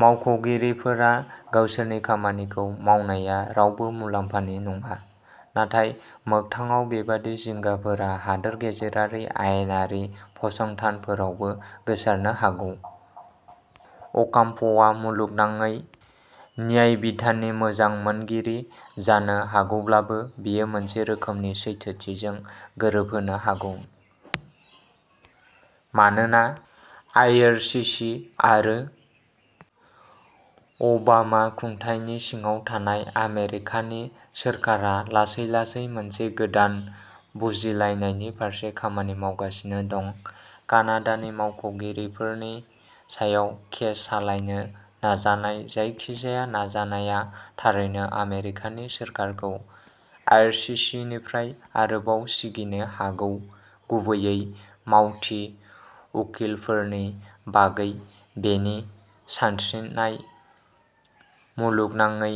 मावख'गिरिफोरा गावसोरनि खामानिखौ मावनाया रावबो मुलाम्फानि नङा। नाथाय मोगथाङाव, बेबादि जिंगाफोरा हादोर गेजेरारि आयेनारि फसंथानफोरावबो गोसारनो हागौ। अकाम्प'आ मुलुगनाङै न्यायबिधाननि मोजां मोनगिरि जानो हागौब्लाबो, बेयो मोनसे रोखोमनि सैथोथिजों गोरोबहोनो हागौ। मानोना आइरसीसी आरो ओबामा खुंथायनि सिङाव थानाय आमेरिकानि सोरखारा लासै-लासै मोनसे गोदान बुजिलायनायनि फारसे खामानि मावगासिनो दं, कानाडानि मावख'गिरिफोरनि सायाव केस सालायनो नाजानाय जायखिजाया नाजानाया थारैनो आमेरिकानि सोरखारखौ आइरसीसीनिफ्राय आरोबाव सिगिनो हागौ-गुबैयै "मावथि" उखिलफोरनि बागै बेनि सानस्रिनाय, मुलुगनाङै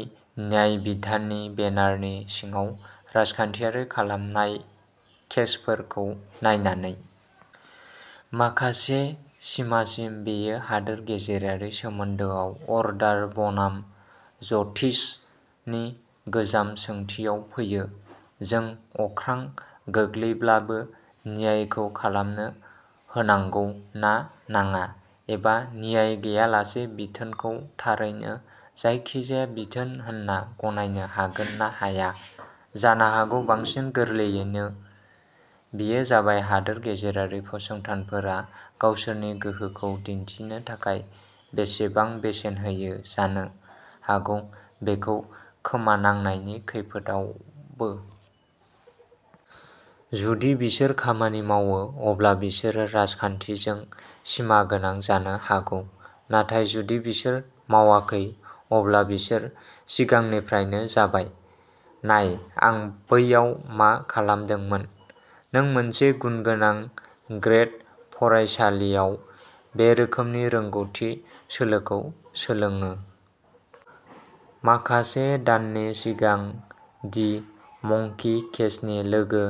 न्यायबिधाननि बेनारनि सिङाव राजखान्थियारि खालामनाय केसफोरखौ नायनानै। माखासे सिमासिम बेयो हादोर गेजेरारि सोमोन्दोआव "अर्डार बनाम जस्टिस" नि गोजाम सोंथियाव फैयो-जों अख्रां गोग्लैब्लाबो न्यायखौ खालामनो होनांगौ ना नाङा, एबा न्याय गैयालासे बिथोनखौ थारैनो जायखिजाया बिथोन होनना गनायनो हागोन ना हाया। जानो हागौ बांसिन गोरलैयैनो, बेयो जाबाय हादोर गेजेरारि फसंथानफोरा गावसोरनि गोहोखौ दिन्थिनो थाखाय बेसेबां बेसेन होयो-जानो हागौ बेखौ खोमानांनायनि खैफोदआवबो। जुदि बिसोर खामानि मावो, अब्ला बिसोरो राजखान्थिजों सिमागोनां जानो हागौ; नाथाय जुदि बिसोर मावाखै, अब्ला बिसोर सिगांनिफ्रायनो जाबाय। नाय आं बैयाव मा खालामदोंमोन? नों मोनसे गुनगोनां ग्रेद फरायसालियाव बे रोखोमनि रोंग'थि सोलोखौ सोलोङो। माखासे दाननि सिगां दि मंकी केजनि लोगो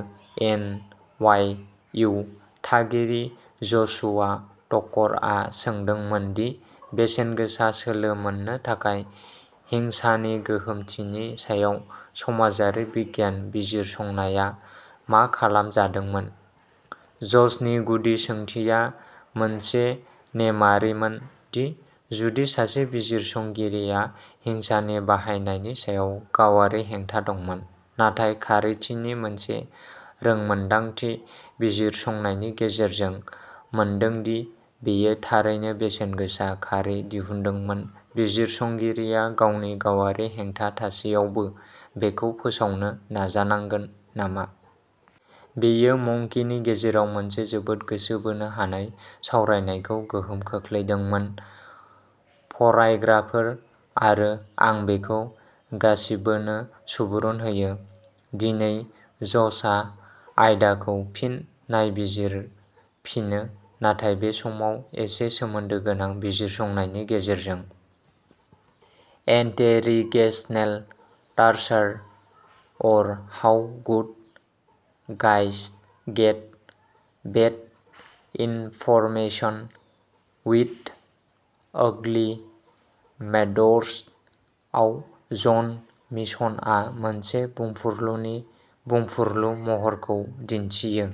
एन. वाइ. इउ. थागिरि जसुआ टकरआ सोंदोंमोन दि बेसेनगोसा सोलो मोननो थाखाय हिंसानि गोहोमथिनि सायाव समाजारि बिगियान बिजिरसंनाया मा खालामजादोंमोन? ज'सनि गुदि सोंथिया मोनसे नेमआरिमोन, दि जुदि सासे बिजिरसंगिरिआ हिंसानि बाहायनायनि सायाव गावारि हेंथा दंमोन, नाथाय खारिथिनि मोनसे रोंमोनदांथि बिजिरसंनायनि गेजेरजों मोनदों दि बेयो थारैनो बेसेनगोसा खारि दिहुनदोंमोन, बिजिरसंगिरिआ गावनि गावारि हेंथा थासेयावबो बेखौ फोसावनो नाजानांगोन नामा? बेयो मंकीनि गेजेराव मोनसे जोबोद गोसो बोनो हानाय सावरायनायखौ गोहोम खोख्लैदोंमोन। फरायग्राफोर, आरो आं बेखौ गासिबोनो सुबुरुन होयो। दिनै, ज'शआ आयदाखौ फिन नायबिजिरफिनो, नाथाय बे समाव एसे सोमोन्दो गोनां बिजिरसंनायनि गेजेरजों। "Interrogational torture or how good guys get bad information with ugly methods" आव, जन शिमनआ मोनसे बुंफुरलुनि बुंफुरलु महरखौ दिन्थियो।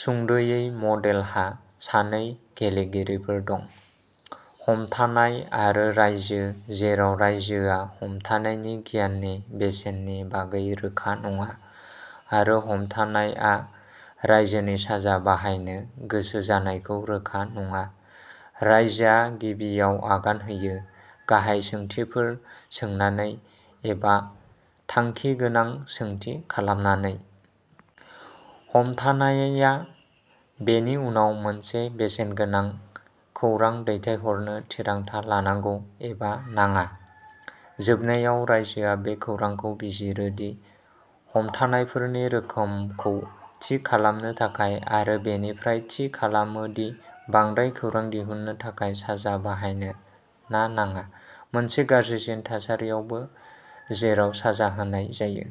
सुंद'यै, मडेलहा सानै गेलेगिरिफोर दं, हमथानाय आरो रायजो, जेराव रायजोआ हमथानायनि गियाननि बेसेननि बागै रोखा नङा आरो हमथानायआ रायजोनि साजा बाहायनो गोसो जानायखौ रोखा नङा। रायजोआ गिबियाव आगान होयो, गाहाय सोंथिफोर सोंनानै एबा थांखि गोनां सोंथि खालामनानै। हमथानायआ बेनि उनाव मोनसे बेसेनगोनां खौरां दैथायहरनो थिरांथा लानांगौ, एबा नाङा। जोबनायाव, रायजोआ बे खौरांखौ बिजिरो दि हमथानायफोरनि रोखोमखौ थि खालामनो थाखाय, आरो बेनिफ्राय थि खालामो दि बांद्राय खौरां दिहुननो थाखाय साजा बाहायनो ना नाङा।... मोनसे गाज्रिसिन थासारियावबो जेराव साजा होनाय जायो।